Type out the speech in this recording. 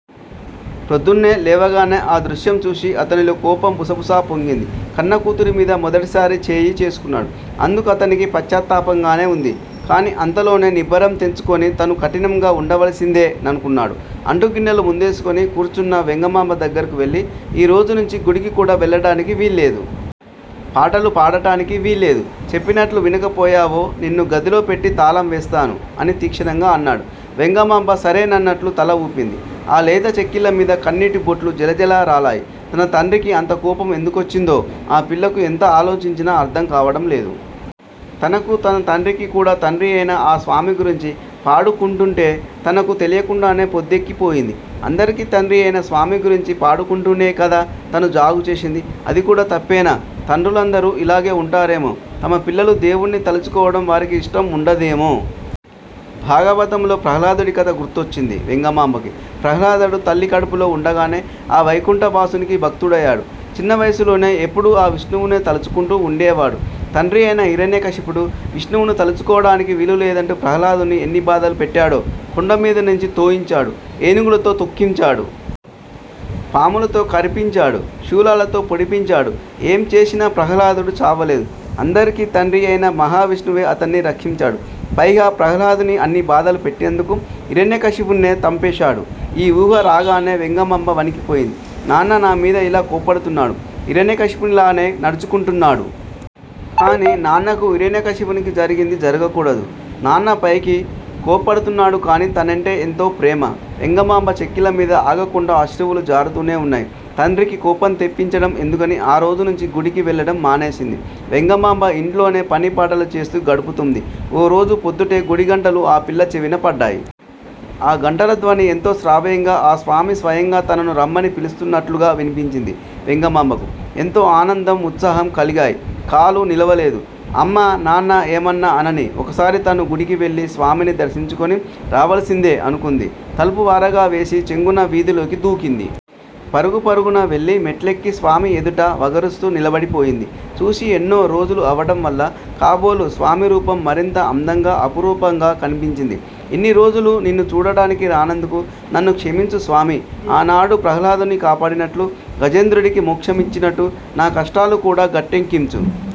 ప్రొద్దున్నే లేవగానే ఆ దృశ్యం చూసి అతనిలో కోపం బుసబుసా పొంగింది. కన్నకూతురి మీద మొదటిసారి చేయి చేసుకున్నాడు! అందుకతనికి పశ్చాత్తాపంగానే ఉంది. కానీ అంతలోనే నిబ్బరం తెచ్చుకుని తను కఠినంగా ఉండవలసిందేననుకున్నాడు. అంటుగిన్నెలు ముందేసుకుని కూర్చున్న వెంగమాంబ దగ్గరకు వెళ్ళి, ఈరోజు నుంచి గుడికి కూడా వెళ్ళడానికి వీల్లేదు. పాటలు పాడటానికి వీల్లేదు. చెప్పినట్లు వినకపోయావో నిన్ను గదిలో పెట్టి తాళం వేస్తాను అని తీక్షణంగా అన్నాడు. వెంగమాంబ సరేనన్నట్లు తల ఊపింది. ఆ లేత చెక్కిళ్లమీద కన్నీటి బొట్లు జలజలరాలాయి. తన తండ్రికి అంతకోపం ఎందుకొచ్చిందో ఆపిల్లకు ఎంత ఆలోచించినా అర్థం కావడం లేదు. తనకూ, తన తండ్రికీ కూడా తండ్రి అయిన ఆ స్వామి గురించి పాడుకుంటుంటే తనకు తెలియకుండానే పొద్దెక్కిపోయింది. అందరికీ తండ్రి అయిన స్వామి గురించి పాడుకుంటూనే కదా, తను జాగు చేసింది! అది కూడా తప్పేనా? తండ్రులందరూ ఇలాగే ఉంటారేమో! తమ పిల్లలు దేవుణ్ణి తలచుకోవడం వారికి ఇష్టం ఉండదేమో! భాగవతంలో ప్రహ్లాదుడి కథ గుర్తొచ్చింది వెంగమాంబకి. ప్రహ్లాదుడు తల్లి కడుపులో ఉండగానే ఆ వైకుంఠవాసునికి భక్తుడయ్యాడు. చిన్న వయసులోనే ఎప్పుడూ ఆ విష్ణువునే తలచుకుంటూ ఉండేవాడు. తండ్రి అయిన హిరణ్యక శివుడు విష్ణువును తలచుకోడానికి వీలులేదంటూ ప్రహ్లాదుణ్ణి ఎన్ని బాధలు పెట్టాడో! కొండమీదనుంచి తోయించాడు. ఏనుగులతో తొక్కించాడు. పాములతో కరిపించాడు. శూలాలతో పొడిపించాడు. ఏం చేసినా ప్రహ్లాదుడు చావలేదు. అందరికీ తండ్రి అయిన మహావిష్ణువే అతణ్ణి రక్షించాడు. పైగా ప్రహ్లాదుని అన్ని బాధలు పెట్టినందుకు హిరణ్యకశిపునే చంపేశాడు. ఈ ఊహ రాగానే వెంగమాంబ వణికిపోయింది. నాన్న నామీద ఇలా కోప్పడు తున్నాడు. హిరణ్యకశిపునిలానే నడుచుకుంటున్నాడు. కానీ నాన్నకి హిరణ్యకశిపునికి జరిగింది జరగకూడదు. నాన్న పైకి కోప్పడుతున్నాడుగానీ, తనంటే ఎంతో ప్రేమ. వెంగమాంబ చెక్కిళ్ళమీద ఆగకుండా అశ్రువులు జారుతూనే ఉన్నాయి. తండ్రికి కోపం తెప్పించడం ఎందుకని ఆరోజునుంచి గుడికి వెళ్ళడం మానేసింది వెంగమాంబ ఇంట్లోనే పనిపాటలు చేస్తూ గడుపుతోంది. ఓరోజు పొద్దుటే గుడి గంటలు ఆ పిల్ల చెవినపడ్డాయి. ఆ గంటలధ్వని ఎంతో శ్రావ్యంగా, ఆ స్వామి స్వయంగా తనను రమ్మని పిలుస్తున్నట్లుగా వినిపించింది వెంగమాంబకు. ఎంతో ఆనందం, ఉత్సాహం కలిగాయి. కాలు నిలవలేదు, అమ్మా, నాన్న ఏమన్నా అననీ, ఒక్కసారి తను గుడికివెళ్ళి స్వామిని దర్శించుకొని రావలసిందే అనుకుంది. తలుపు వారగా వేసి చెంగున వీథిలోకి దూకింది. పరుగు పరుగున వెళ్ళి మెట్లెక్కి స్వామి ఎదుట వగరుస్తూ నిలబడి పోయింది. చూసి ఎన్నో రోజులు అవడం వల్ల కాబోలు స్వామి రూపం మరింత అందంగా, అపురూపంగా కనిపించింది. ఇన్ని రోజులూ నిన్ను చూడడానికి రానందుకు నన్ను క్షమించు స్వామీ. ఆనాడు ప్రహ్లాదుణ్ణి కాపాడినట్లు, గజేంద్రుడికి మోక్షమిచ్చినట్టు నా కష్టాలు కూడా గట్టెక్కించు.